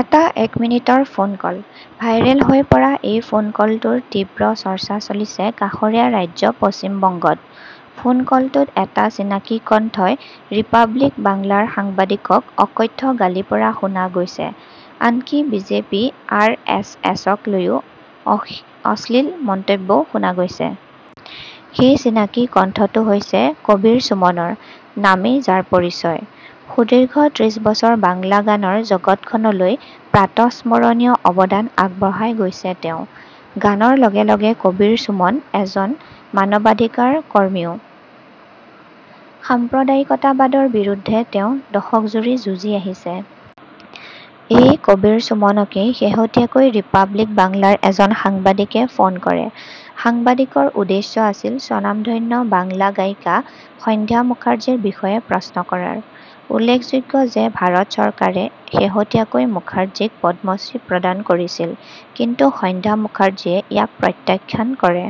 এটা এক মিনিটৰ ফোন কল। ভাইৰেল হৈ পৰা এই ফোন কলটোৰ তীব্ৰ চৰ্চা চলিছে কাষৰীয়া ৰাজ্য পশ্চিম বংগত। ফোন কলটোত এটা চিনাকী কণ্ঠই ৰিপাব্লিক বাংলাৰ সাংবাদিকক অকথ্য গালি পৰা শুনা গৈছে। আনকি বিজেপি আৰএছএছক লৈ অশ্লীল মন্তব্যও শুনা গৈছে। সেই চিনাকি কণ্ঠটো হৈছে কবিৰ সুমনৰ। নামেই যাৰ পৰিচয়। সুদীৰ্ঘ ত্ৰিশ বছৰ বাংলা গানৰ জগতখনলৈ প্ৰাতঃস্মৰণীয় অৱদান আগবঢ়ায় গৈছে তেওঁ। গানৰ লগে লগে কবিৰ সুমন এজন মানৱাধিকাৰ কৰ্মীও। সাম্প্ৰদায়িকতাবাদৰ বিৰুদ্ধে তেওঁ দশকজুৰি যুঁজি আহিছে। এই কবিৰ সুমনকেই শেহতীয়াকৈ ৰিপাব্লিক বাংলাৰ এজন সাংবাদিকে ফোন কৰে। সাংবাদিকৰ উদ্দেশ্য আছিল স্বনামধন্য বাংলা গায়িকা সন্ধ্যা মুখাৰ্জীৰ বিষয়ে প্ৰশ্ন কৰাৰ। উল্লেখযোগ্য যে ভাৰত চৰকাৰে শেহতীয়াকৈ মূখাৰ্জীক পদ্মশ্ৰী প্ৰদান কৰিছিল। কিন্তু সন্ধ্যা মূখাৰ্জীয়ে ইয়াক প্ৰত্যাখান কৰে।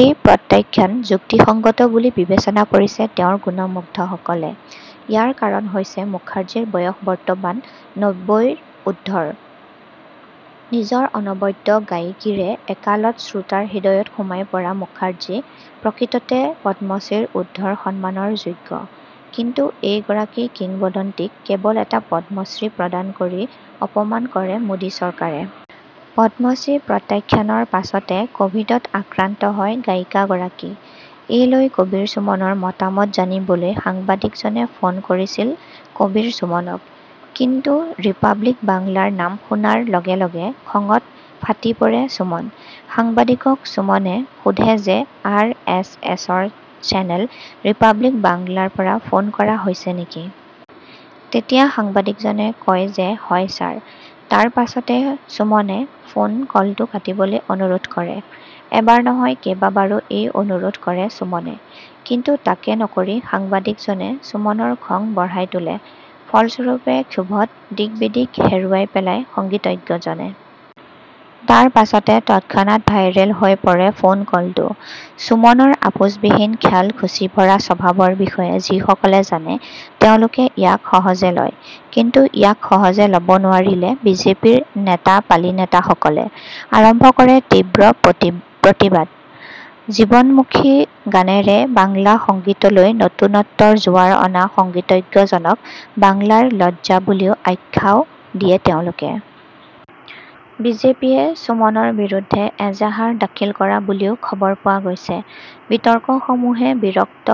এই প্ৰত্যাখান যুক্তিসংগত বুলি বিবেচনা কৰিছে তেওঁৰ গুণমুগ্ধসকলে। ইয়াৰ কাৰণ হৈছে মূখাৰ্জীৰ বয়স বৰ্তমান নব্বৈৰ ঊৰ্ধৰ। নিজৰ অনবদ্য গায়কীৰে একালত শ্ৰোতাৰ হৃদয়ত সোমাই পৰা মূখাৰ্জী প্ৰকৃততে পদ্মশ্ৰীৰ উৰ্ধৰ সন্মানৰ যোগ্য। কিন্তু এইগৰাকী কিংম্বদন্তীক কেৱল এটা পদ্মশ্ৰী প্ৰদান কৰি অপমান কৰে মোদী চৰকাৰে। পদ্মশ্ৰী প্ৰত্যাখ্যানৰ পাছতে কভিডত আক্ৰান্ত হয় গায়িকাগৰাকী। এই লৈ কবিৰ সুমনৰ মতামত জানিবলৈ সাংবাদিকজনে ফোন কৰিছিল কবিৰ সুমনক। কিন্তু ৰিপাব্লিক বাংলাৰ নাম শুনাৰ লগে লগে খঙত ফাটি পৰে সুমন। সাংবাদিকক সুমনে সুধে যে আৰএছএছৰ চেনেল ৰিপাব্লিক বাংলাৰ পৰা ফোন কৰা হৈছে নেকি? তেতিয়া সাংবাদিকজনে কয় যে হয় ছাৰ। তাৰপাছতে সুমনে ফোন কলটো কাটিবলৈ অনুৰোধ কৰে। এবাৰ নহয় কেইবাবাৰো এই অনুৰোধ কৰে সুমনে। কিন্তু তাকে নকৰি সাংবাদিকজনে সুমনৰ খং বঢ়াই তোলে। ফলস্বৰূপে ক্ষোভত দিকবিদিক হেৰুৱায় পেলায় সংগীতজ্ঞজনে। তাৰপাছতে তৎক্ষণাৎ ভাইৰেল হৈ পৰে ফোন কলটো। সুমনৰ আপোচবিহীন খেয়ালখুচিভৰা স্বভাৱৰ বিষয়ে যিসকলে যানে তেওঁলোকে ইয়াক সহজে লয়। কিন্তু ইয়াক সহজে লব নোৱাৰিলে বিজেপিৰ নেতাপালিনেতাসকলে। আৰম্ভ কৰে তীব্ৰ প্ৰতিবাদ। জীৱনমুখী গানেৰে বাংলা সংগীতলৈ নতুনত্বৰ জোৱাৰ অনা সংগীতজ্ঞজনক বাংলাৰ লজ্জা বুলিও আখ্যাও দিয়ে তেওঁলোকে। বিজেপিয়ে সুমনৰ বিৰুদ্ধে এজাহাৰ দাখিল কৰা বুলিও খবৰ পোৱা গৈছে। বিতৰ্কসমূহে বিৰক্ত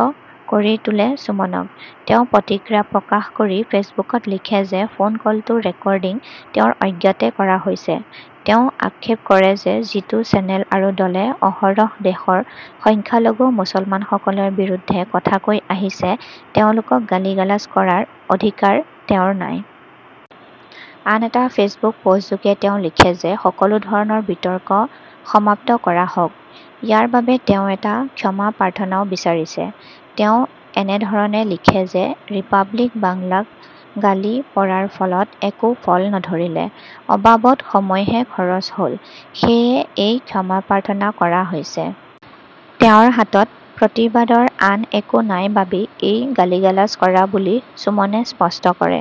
কৰি তোলে সুমনক। তেওঁ প্ৰতিক্ৰিয়া প্ৰকাশ কৰি ফেচবুকত লিখে যে ফোন কলটো ৰেকৰ্ডিং তেওঁৰ অজ্ঞাতে কৰা হৈছে। তেওঁ আক্ষেপ কৰে যে যিটো চেনেল আৰু দলে অহৰহ দেশৰ সংখ্যালঘু মুছলমানসকলৰ বিৰুদ্ধে কথা কৈ আহিছে তেওঁলোকক গালিগালাজ কৰাৰ অধিকাৰ তেওঁৰ নাই। আন এটা ফেচবুক পষ্টযোগে তেওঁ লিখে যে সকলোধৰণৰ বিতৰ্ক সমাপ্ত কৰা হওক। ইয়াৰ বাবে তেওঁ এটা ক্ষমা প্ৰাৰ্থনাও বিচাৰিছে। তেওঁ এনেধৰণে লিখে যে ৰিপাব্লিক বাংলাক গালি পৰাৰ ফলত একো ফল নধৰিলে অবাবত সময়হে খৰচ হল সেয়ে এই ক্ষমাপ্ৰাৰ্থনা কৰা হৈছে। তেওঁৰ হাতত প্ৰতিবাদৰ আন একো নাই বাবেই এই গালিগালাজ কৰা বুলি সুমনে স্পষ্ট কৰে।